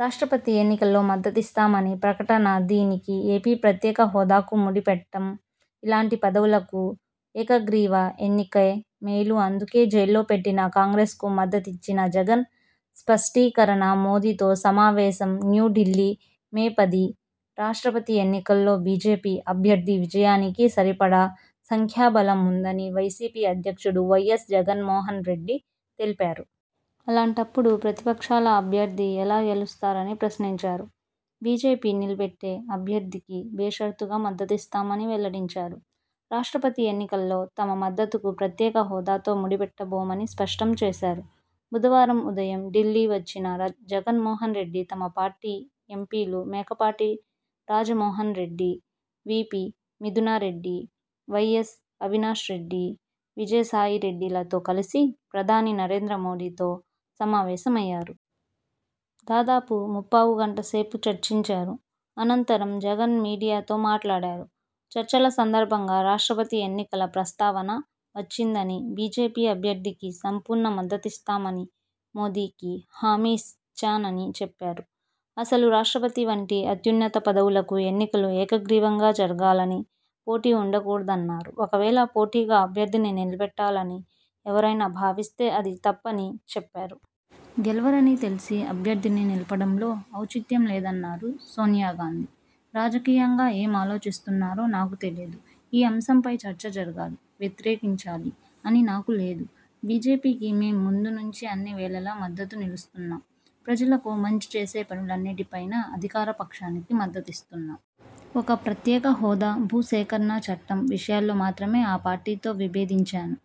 రాష్ట్రపతి ఎన్నికలో మద్దతిస్తామని ప్రకటనదీనికి, ఏపీ ప్రత్యేక హోదాకు ముడిపెట్టంఇలాంటి పదవులకు ఏకగ్రీవ ఎన్నికే మేలుఅందుకే జైల్లో పెట్టినా కాంగ్రెస్కు మద్దతిచ్చాజగన్ స్పష్టీకరణ.. మోదీతో సమావేశంన్యూఢిల్లీ, మే పది రాష్ట్రపతి ఎన్నికలో బీజేపీ అభ్యర్థి విజయానికి సరిపడా సంఖ్యాబలం ఉందని వైసీపీ అధ్యక్షుడు వైఎస్ జగన్మోహన్ రెడ్డి తెలిపారు. అలాంటప్పుడు ప్రతిపక్షాల అభ్యర్థి ఎలా గెలుస్తారని ప్రశ్నించారు. బీజేపీ నిలబెట్టే అభ్యర్థికి బేషరతుగా మద్దతిస్తామని వెల్లడించారు. రాష్ట్రపతి ఎన్నికలో తమ మద్దతుకు ప్రత్యేక హోదాతో ముడిపెట్టబోమని స్పష్టం చేశారు. బుధవారం ఉదయం ఢిల్లీ వచ్చిన జగన్మోహన్ రెడ్డి తమ పార్టీ ఎంపీలు మేకపాటి రాజమోహన్రెడ్డి, పీవీ మిథునరెడ్డి, వైఎస్ అవినా్షరెడ్డి, విజయసాయిరెడ్డిలతో కలిసి ప్రధాని నరేంద్ర మోదీతో సమావేశమయ్యారు. దాదాపు ముప్పావుగంట సేపు చర్చించారు. అనంతరం జగన్ మీడియాతో మాట్లాడారు. చర్చల సందర్భంగా రాష్ట్రపతి ఎన్నికల ప్రస్తావన వచ్చిందని, బీజేపీ అభ్యర్థికి సంపూర్ణ మద్దతిస్తామని మోదీకి హామీ ఇచ్చానని చెప్పారు. అసలు రాష్ట్రపతి వంటి అత్యున్నత పదవులకు ఎన్నికలు ఏకగ్రీవంగా జరగాలని, పోటీ ఉండకూడదన్నారు. ఒకవేళ పోటీగా అభ్యర్థిని నిలబెట్టాలని ఎవరైనా భావిస్తే అది తప్పని చెప్పారు. గెలవరని తెలిసీ అభ్యర్థిని నిలపడంలో ఔచిత్యం లేదన్నారు. 'సోనియాగాంధీ రాజకీయంగా ఏం ఆలోచిస్తున్నారో నాకు తెలియదు. ఈ అంశంపై చర్చ జరగాలి, వ్యతిరేకించాలి అని నాకు లేదు. బీజేపీకి మేం ముందు నుంచీ అన్నివేళలా మద్దతుగా నిలుస్తున్నాం. ప్రజలకు మంచి చేసే పనులన్నిటిపైనా అధికార పక్షానికి మద్దతిస్తున్నాం. ఒక్క ప్రత్యేక హోదా, భూసేకరణ చట్టం విషయాల్లో మాత్రమే ఆ పార్టీతో విభేదించాను.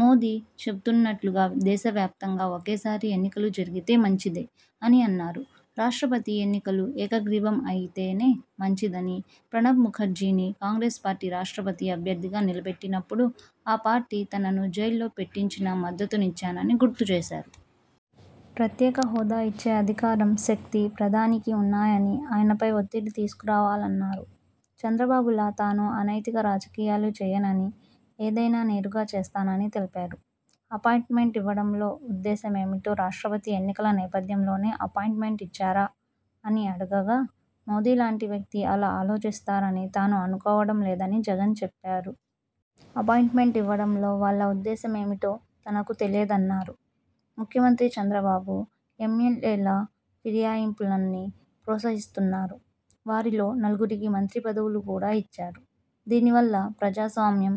మోదీ చెబుతున్నట్లుగా దేశవ్యాప్తంగా ఒకేసారి ఎన్నికలు జరిగితే మంచిదే' అని అన్నారు. రాష్ట్రపతి ఎన్నికలు ఏకగ్రీవం అయితేనే మంచిదని, ప్రణబ్ ముఖర్జీని కాంగ్రెస్ పార్టీ రాష్ట్రపతి అభ్యర్థిగా నిలబెట్టినప్పుడు ఆ పార్టీ తనను జైల్లో పెట్టించినా మద్దతిచ్చానని గుర్తుచేశారు. ప్రత్యేక హోదా ఇచ్చే అధికారం, శక్తి ప్రధానికి ఉన్నాయని, ఆయనపై ఒత్తిడి తీసుకురావాలన్నారు. చంద్రబాబులా తాను అనైతిక రాజకీయాలు చేయనని, ఏదైనా నేరుగానే చేస్తానని తెలిపారు. అపాయింట్మెంట్ ఇవ్వడంలో ఉద్దేశమేంటో రాష్ట్రపతి ఎన్నికల నేపథ్యంలోనే అపాయింట్మెంట్ ఇచ్చారా అని అడుగగా.. మోదీలాంటి వ్యక్తి అలా ఆలోచిస్తారని తాను అనుకోవడం లేదని జగన్ చెప్పారు. అపాయింట్మెంట్ ఇవ్వడంలో వాళ్ల ఉద్దేశమేంటో తనకు తెలియదన్నారు. 'ముఖ్యమంత్రి చంద్రబాబు ఎమ్మెల్యేల ఫిరాయింపుల్ని ప్రోత్సహిస్తున్నారు. వారిలో నలుగురికి మంత్రి పదవులు కూడా ఇచ్చారు. దీనివల్ల ప్రజాస్వామ్యం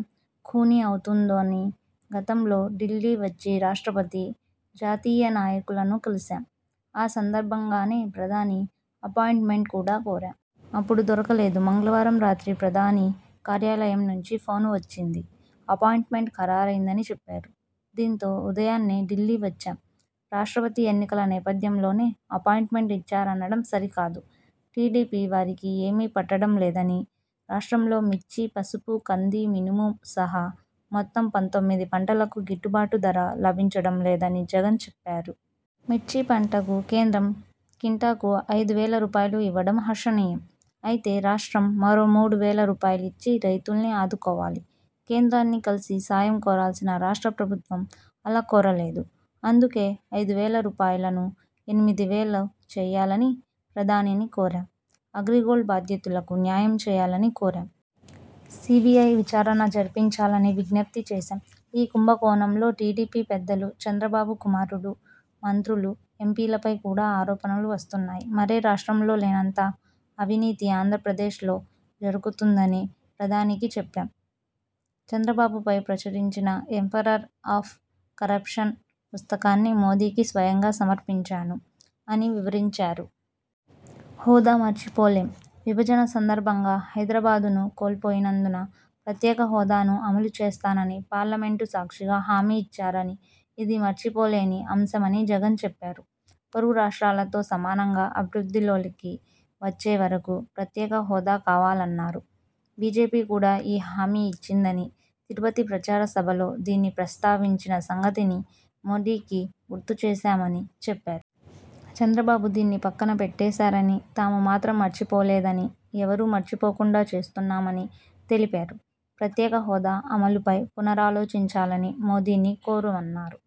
ఖూనీ అవుతోందని గతంలో ఢిల్లీ వచ్చి రాష్ట్రపతి, జాతీయ నాయకులను కలిశాం. ఆ సందర్భంగానే ప్రధాని అపాయింట్మెంట్ కూడా కోరాం. అప్పుడు దొరకలేదు. మంగళవారం రాత్రి ప్రధాని కార్యాలయం నుంచి ఫోన్ వచ్చింది. అపాయింట్మెంట్ ఖరారైందని చెప్పారు. దీంతో ఉదయాన్నే ఢిల్లీ వచ్చాం. రాష్ట్రపతి ఎన్నికల నేపథ్యంలోనే అపాయింట్మెంట్ ఇచ్చారనడం సరికాదు. టీడీపీ వారికి ఏమీ పట్టడం లేదని, రాష్ట్రంలో మిర్చి, పసుపు, కంది, మినుము సహా మొత్తం పంతొమ్మిది పంటలకు గిట్టుబాటు ధర లభించడం లేదని జగన్ చెప్పారు. 'మిర్చి పంటకు కేంద్రం క్వింటాలుకు ఐదు రూపాయలువేలు ఇవ్వడం హర్షణీయం. అయితే రాష్ట్రం మరో మూడు రూపాయలువేలిచ్చి రైతుల్ని ఆదుకోవాలి. కేంద్రాన్ని కలిసి సాయం కోరాల్సిన రాష్ట్ర ప్రభుత్వం అలా కోరలేదు. అందుకే ఐదు రూపాయలువేలను ఎనిమిది వేలు చేయాలని ప్రధానిని కోరాం. అగ్రిగోల్డ్ బాధితులకు న్యాయం చేయాలనీ కోరాం. సీబీఐ విచారణ జరిపించాలని విజ్ఞప్తి చేశాం. ఈ కుంభకోణంలో టీడీపీ పెద్దలు, చంద్రబాబు కుమారుడు, మంత్రులు, ఎంపీలపై కూడా ఆరోపణలు వస్తున్నాయి. మరే రాష్ట్రంలోనూ లేనంత అవినీతి ఆంధ్రప్రదేశలో జరుగుతోందని ప్రధానికి చెప్పాం. చంద్రబాబుపై ప్రచురించిన 'ఎంపరర్ ఆఫ్ కరప్షన' పుస్తకాన్ని మోదీకి స్వయంగా సమర్పించాను' అని వివరించారు. హోదా మరచిపోలేంవిభజన సందర్భంగా హైదరాబాద్ను కోల్పోయినందున ప్రత్యేక హోదాను అమలు చేస్తామని పార్లమెంటు సాక్షిగా హామీ ఇచ్చారని, ఇది మరచిపోలేని అంశమని జగన్ చెప్పారు. పొరుగు రాష్ట్రాలతో సమానంగా అభివృద్ధిలోకి వచ్చేవరకూ ప్రత్యేక హోదా కావాలన్నారు. బీజేపీ కూడా ఈ హామీ ఇచ్చిందని, తిరుపతి ప్రచార సభలో దీన్ని ప్రస్తావించిన సంగతిని మోదీకి గుర్తుచేశామని చెప్పారు. చంద్రబాబు దీన్ని పక్కన పెట్టేశారని, తాము మాత్రం మరచిపోలేదని, ఎవరూ మరచిపోకుండా చేస్తున్నామని తెలిపారు. ప్రత్యేక హోదా అమలుపై పునరాలోచించాలని మోదీని కోరామన్నారు.